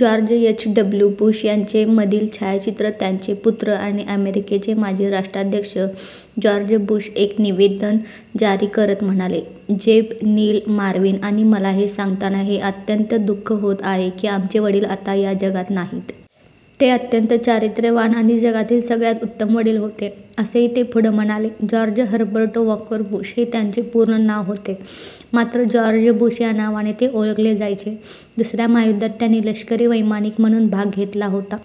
George H. W. Bush यांचे मधील छायाचित्र त्यांचे पुत्र आणि अमेरिकेचे माजी राष्ट्राध्यक्ष जॉर्ज बुश एक निवेदन जारी करत म्हणाले, "जेब, नील, मार्विन आणि मला हे सांगताना हे अत्यंत दुःख होत आहे की आमचे वडील आता या जगात नाहीत." "ते अत्यंत चारित्र्यवान आणि जगातील सगळ्यात उत्तम वडील होते." असेही ते पुढे म्हणाले. जॉर्ज हर्बर्ट वॉकर बुश हे त्यांचे पूर्ण नाव होते, मात्र जॉर्ज बुश या नावाने ते ओळखले जायचे. दुसऱ्या महायुद्धात त्यांनी लष्करी वैमानिक म्हणून भाग घेतला होता.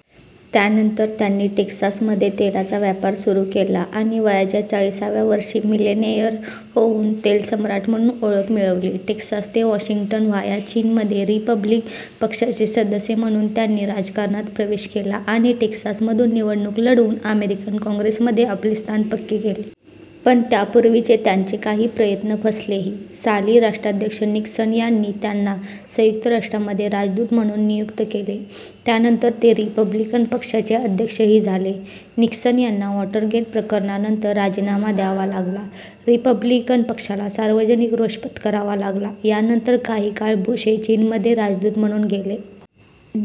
त्यानंतर त्यांनी टेक्सासमध्ये तेलाचा व्यापार सुरू केला आणि वयाच्या चाळीसाव्या वर्षी मिलिनेयर होऊन 'तेलसम्राट' म्हणून ओळख मिळवली. टेक्सास ते वॉशिंग्टन व्हाया चीन मध्ये रिपब्लिक पक्षाचे सदस्य म्हणून त्यांनी राजकारणात प्रवेश केला आणि टेक्सासमधून निवडणूक लढवून अमेरिकन काँग्रेसमध्ये आपले स्थान पक्के केले. पण त्यापूर्वीचे त्यांचे काही प्रयत्न फसलेही. साली राष्ट्राध्यक्ष निक्सन यांनी त्यांना संयुक्त राष्ट्रांमध्ये राजदूत म्हणून नियुक्त केले, त्यानंतर ते रिपब्लिकन पक्षाचे अध्यक्षही झाले. निक्सन यांना 'वॉटरगेट' प्रकरणानंतर राजीनामा द्यावा लागला. रिपब्लिकन पक्षाला सार्वजनिक रोष पत्करावा लागला, यानंतर काही काळ बुश हे चीनमध्ये राजदूत म्हणून गेले.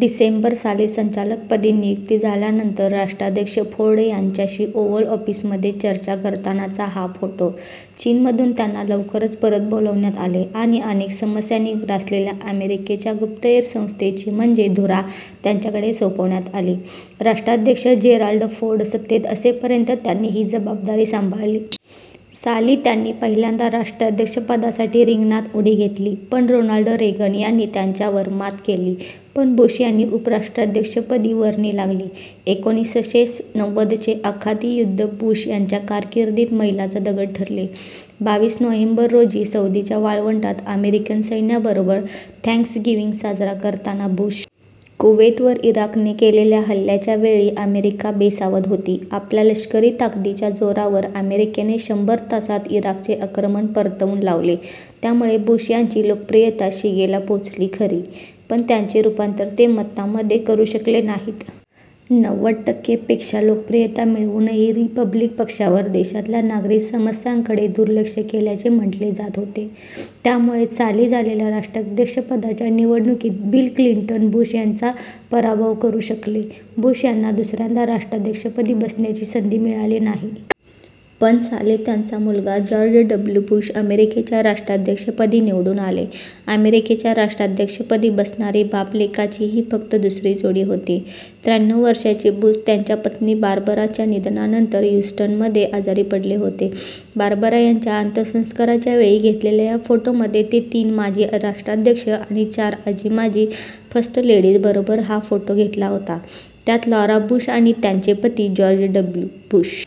डिसेंबर साली संचालकपदी नियुक्ती झाल्यानंतर राष्ट्राध्यक्ष फोर्ड यांच्याशी ओव्हल ऑफिसमध्ये चर्चा करतानाचा हा फोटो. चीनमधून त्यांना लवकरच परत बोलावण्यात आले आणि अनेक समस्यांनी ग्रासलेल्या अमेरिकेच्या गुप्तहेर संस्थेची म्हणजे धुरा त्यांच्याकडे सोपवण्यात आली. राष्ट्राध्यक्ष जेराल्ड फोर्ड सत्तेत असेपर्यंत त्यांनी ही जबाबदारी सांभाळली. साली त्यांनी पहिल्यांदा राष्ट्राध्यक्षपदासाठी रिंगणात उडी घेतली, पण रोनाल्ड रेगन यांनी त्यांच्यावर मात केली. पण बुश यांची उपराष्ट्राध्यक्षपदी वर्णी लागली. एकोणीसशे नव्वदचे आखाती युद्ध बुश यांच्या कारकिर्दीत मैलाचा दगड ठरले. बावीस नोव्हेंबर रोजी सौदीच्या वाळवंटात अमेरिकन सैन्याबरोबर थँक्सगिव्हिंग साजरा करताना बुश. कुवेतवर इराकने केलेल्या हल्ल्याच्या वेळी अमेरिका बेसावध होती. आपल्या लष्करी ताकदीच्या जोरावर अमेरिकेने शंभर तासात इराकचे आक्रमण परतवून लावले. त्यामुळे बुश यांची लोकप्रियता शिगेला पोहोचली खरी, पण त्याचे रूपांतर ते मतांमध्ये करू शकले नाहीत. नव्वद टक्के पेक्षा लोकप्रियता मिळवूनही रिपब्लिक पक्षावर देशातल्या नागरी समस्यांकडे दुर्लक्ष केल्याचे म्हटले जात होते. त्यामुळेच साली झालेल्या राष्ट्राध्यक्षपदाच्या निवडणुकीत बिल क्लिंटन बुश यांचा पराभव करू शकले. बुश यांना दुसऱ्यांदा राष्ट्राध्यक्षपदी बसण्याची संधी मिळाली नाही. पण साली त्यांचा मुलगा जॉर्ज डब्ल्यू. बुश अमेरिकेच्या राष्ट्राध्यक्षपदी निवडून आले. अमेरिकेच्या राष्ट्राध्यक्षपदी बसणारी बाप-लेकाची ही फक्त दुसरी जोडी होती. त्र्याण्णव वर्षांचे बुश त्यांच्या पत्नी बार्बराच्या निधनानंतर ह्यूस्टनमध्ये आजारी पडले होते. बार्बरा यांच्या अंत्यसंस्काराच्या वेळी घेतलेल्या या फोटोमध्ये ते तीन माजी राष्ट्राध्यक्ष आणि चार आजी-माजी फर्स्ट लेडीजबरोबर हा फोटो घेतला होता. त्यात लॉरा बुश आणि त्यांचे पती जॉर्ज डब्ल्यू. बुश,